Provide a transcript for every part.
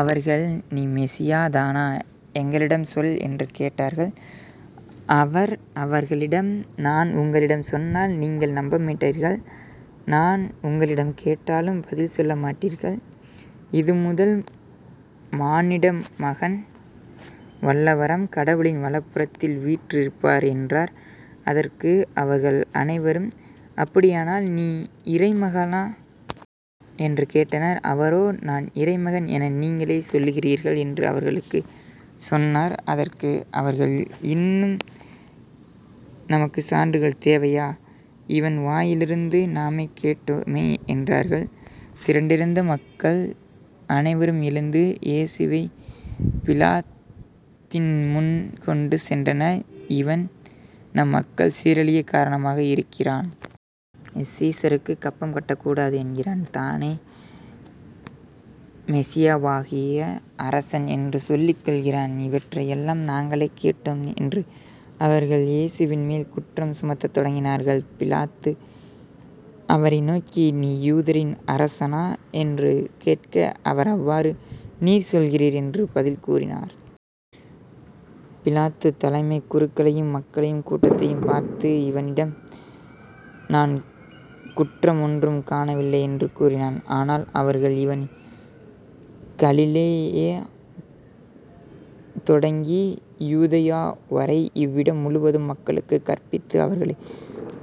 அவர்கள் நீ மெசியாதானா? எங்களிடம் சொல் என்று கேட்டார்கள். அவர் அவர்களிடம் நான் உங்களிடம் சொன்னால் நீங்கள் நம்பமாட்டீர்கள் நான் உங்களிடம் கேட்டாலும் பதில் சொல்ல மாட்டீர்கள். இதுமுதல் மானிடமகன் வல்லவராம் கடவுளின் வலப்புறத்தில் வீற்றிருப்பார் என்றார். அதற்கு அவர்கள் அனைவரும் அப்படியானால் நீ இறைமகனா? என்று கேட்டனர். அவரோ நான் இறைமகன் என நீங்களே சொல்லுகிறீர்கள் என்று அவர்களுக்குச் சொன்னார். அதற்கு அவர்கள் இன்னும் நமக்குச் சான்றுகள் தேவையா? இவன் வாயிலிருந்து நாமே கேட்டோமே என்றார்கள். திரண்டிருந்த மக்கள் அனைவரும் எழுந்து இயேசுவைப் பிலாத்தின்முன் கொண்டு சென்றனர். இவன் நம் மக்கள் சீரழியக் காரணமாக இருக்கிறான். சீசருக்குக் கப்பம் கட்டக்கூடாது என்கிறான். தானே மெசியாவாகிய அரசன் என்று சொல்லிக் கொள்கிறான். இவற்றையெல்லாம் நாங்களே கேட்டோம் என்று அவர்கள் இயேசுவின் மேல் குற்றம் சுமத்தத் தொடங்கினார்கள். பிலாத்து அவரை நோக்கி நீ யூதரின் அரசனா? என்று கேட்க அவர் அவ்வாறு நீர் சொல்கிறீர் என்று பதில் கூறினார். பிலாத்து தலைமைக் குருக்களையும் மக்கள் கூட்டத்தையும் பார்த்து இவனிடம் நான் குற்றம் ஒன்றும் காணவில்லை என்று கூறினான். ஆனால் அவர்கள் இவன் கலிலேயா தொடங்கி யூதேயா வரை இவ்விடம் முழுவதிலும் மக்களுக்குக் கற்பித்து அவர்களைத்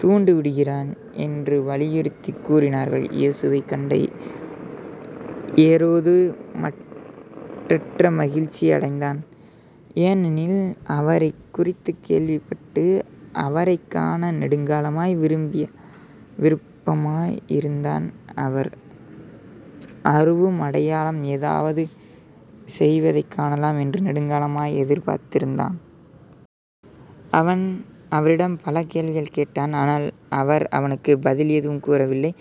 தூண்டிவிடுகிறான் என்று வலியுறுத்திக் கூறினார்கள். இயேசுவைக் கண்ட ஏரோது மட்டற்ற மகிழ்ச்சி அடைந்தான் ஏனெனில் அவரைக் குறித்துக் கேள்விப்பட்டு அவரைக் காண நெடுங்காலமாய் விருப்பமாய் இருந்தான் அவர் அரும் அடையாளம் ஏதாவது செய்வதைக் காணலாம் என்றும் நெடுங்காலமாய் எதிர்பார்த்திருந்தான். அவன் அவரிடம் பல கேள்விகள் கேட்டான். ஆனால் அவர் அவனுக்குப் பதில் எதுவும் கூறவில்லை.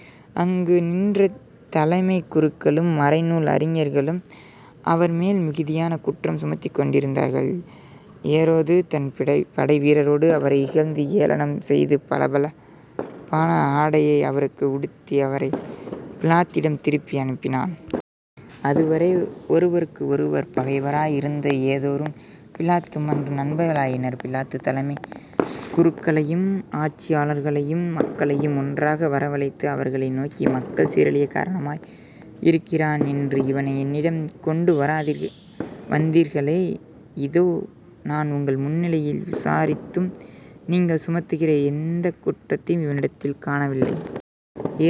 அங்கு நின்ற தலைமைக் குருக்களும் மறைநூல் அறிஞர்களும் அவர்மேல் மிகுதியான குற்றம் சுமத்திக் கொண்டிருந்தார்கள். ஏரோது தன் படைவீரரோடு அவரை இகழ்ந்து ஏளனம் செய்து பளபளப்பான ஆடையை அவருக்கு உடுத்தி அவரைப் பிலாத்திடம் திருப்பி அனுப்பினான். அதுவரை ஒருவருக்கு ஒருவர் பகைவராய் இருந்த ஏரோதும் பிலாத்தும் அன்று நண்பர்களாயினர். பிலாத்து தலைமைக் குருக்களையும் ஆட்சியாளர்களையும் மக்களையும் ஒன்றாக வரவழைத்தான். அவர்களை நோக்கி மக்கள் சீரழியக் காரணமாய் இருக்கிறான் என்று இவனை என்னிடம் கொண்டு வந்தீர்களே இதோ நான் உங்கள் முன்னிலையில் விசாரித்தும் நீங்கள் சுமத்துகிற எந்தக் குற்றத்தையும் இவனிடத்தில் காணவில்லை.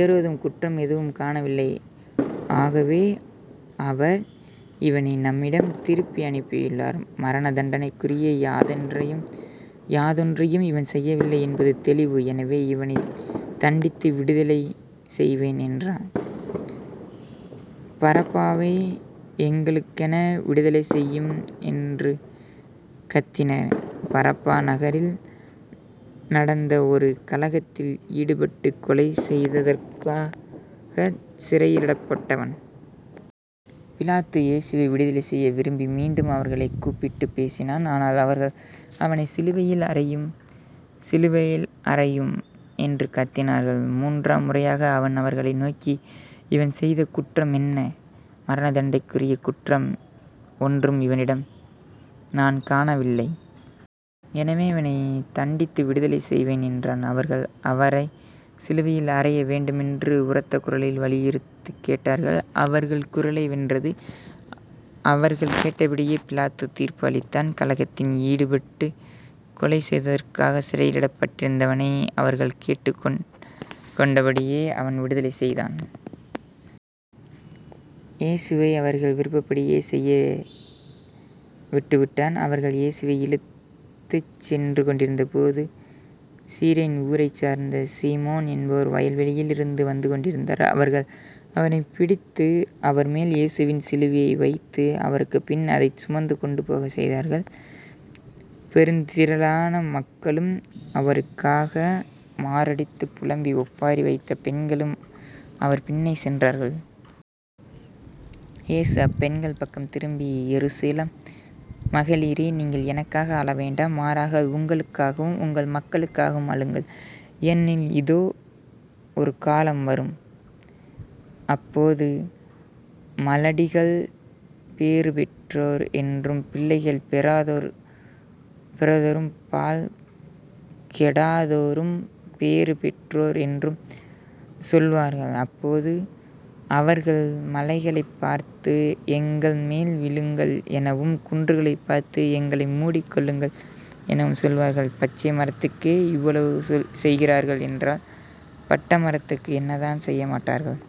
ஏரோதும் குற்றம் எதுவும் காணவில்லை ஆகவே அவர் இவனை நம்மிடம் திருப்பி அனுப்பியுள்ளார். மரண தண்டனைக்குரிய யாதொன்றையும் இவன் செய்யவில்லை என்பது தெளிவு. எனவே இவனைத் தண்டித்து விடுதலை செய்வேன் என்றான். பரபாவை எங்களுக்கென விடுதலை செய்யும் என்று கத்தினர். பரபா நகரில் நடந்த ஒரு கலகத்தில் ஈடுபட்டுக் கொலை செய்ததற்காகச் சிறையிலிடப்பட்டவன். பிலாத்து இயேசுவை விடுதலை செய்ய விரும்பி மீண்டும் அவர்களைக் கூப்பிட்டுப் பேசினான். ஆனால் அவர்கள் அவனைச் சிலுவையில் அறையும் சிலுவையில் அறையும் என்று கத்தினார்கள். மூன்றாம் முறையாக அவன் அவர்களை நோக்கி இவன் செய்த குற்றம் என்ன? மரண தண்டனைக்குரிய குற்றம் ஒன்றும் இவனிடம் நான் காணவில்லை. எனவே இவனைத் தண்டித்து விடுதலை செய்வேன் என்றான். அவர்கள் அவரைச் சிலுவையில் அறைய வேண்டுமென்று உரத்த குரலில் வற்புறுத்திக் கேட்டார்கள். அவர்கள் குரலே வென்றது. அவர்கள் கேட்டபடியே பிலாத்து தீர்ப்பு அளித்தான். கலகத்தில் ஈடுபட்டு கொலை செய்ததற்காகச் சிறையிலிடப்பட்டிருந்தவனை அவர்கள் கேட்டுக் கொண்டபடியே அவன் விடுதலை செய்தான். இயேசுவை அவர்கள் விருப்பப்படி செய்ய விட்டுவிட்டான். அவர்கள் இயேசுவை இழுத்துச் சென்றுகொண்டிருந்தபோது சிரேன் ஊரைச்சேர்ந்த சீமோன் என்பவர் வயல்வெளியிலிருந்து வந்துகொண்டிருந்தார். அவர்கள் அவரைப் பிடித்து அவர்மேல் இயேசுவின் சிலுவையை வைத்து அவருக்குப்பின் அதைச் சுமந்து கொண்டுபோகச் செய்தார்கள். பெருந்திரளான மக்களும் அவருக்காக மாரடித்துப் புலம்பி ஒப்பாரி வைத்த பெண்களும் அவர் பின்னே சென்றார்கள். இயேசு அப்பெண்கள் பக்கம் திரும்பி எருசலேம் மகளிரே நீங்கள் எனக்காக அழவேண்டாம் மாறாக உங்களுக்காகவும் உங்கள் மக்களுக்காகவும் அழுங்கள். ஏனெனில் இதோ ஒரு காலம் வரும். அப்போது மலடிகள் பேறுபெற்றோர் என்றும் பிள்ளை பெறாதோரும் பால் கொடாதோரும் பேறு பெற்றோர் என்றும் சொல்வார்கள். அப்போது அவர்கள் மலைகளைப் பார்த்து எங்கள் மேல் விழுங்கள் எனவும் குன்றுகளைப் பார்த்து எங்களை மூடிக்கொள்ளுங்கள் எனவும் சொல்வார்கள். பச்சை மரத்துக்கே இவ்வாறு செய்கிறார்கள் என்றால் பட்ட மரத்துக்கு என்னதான் செய்யமாட்டார்கள்.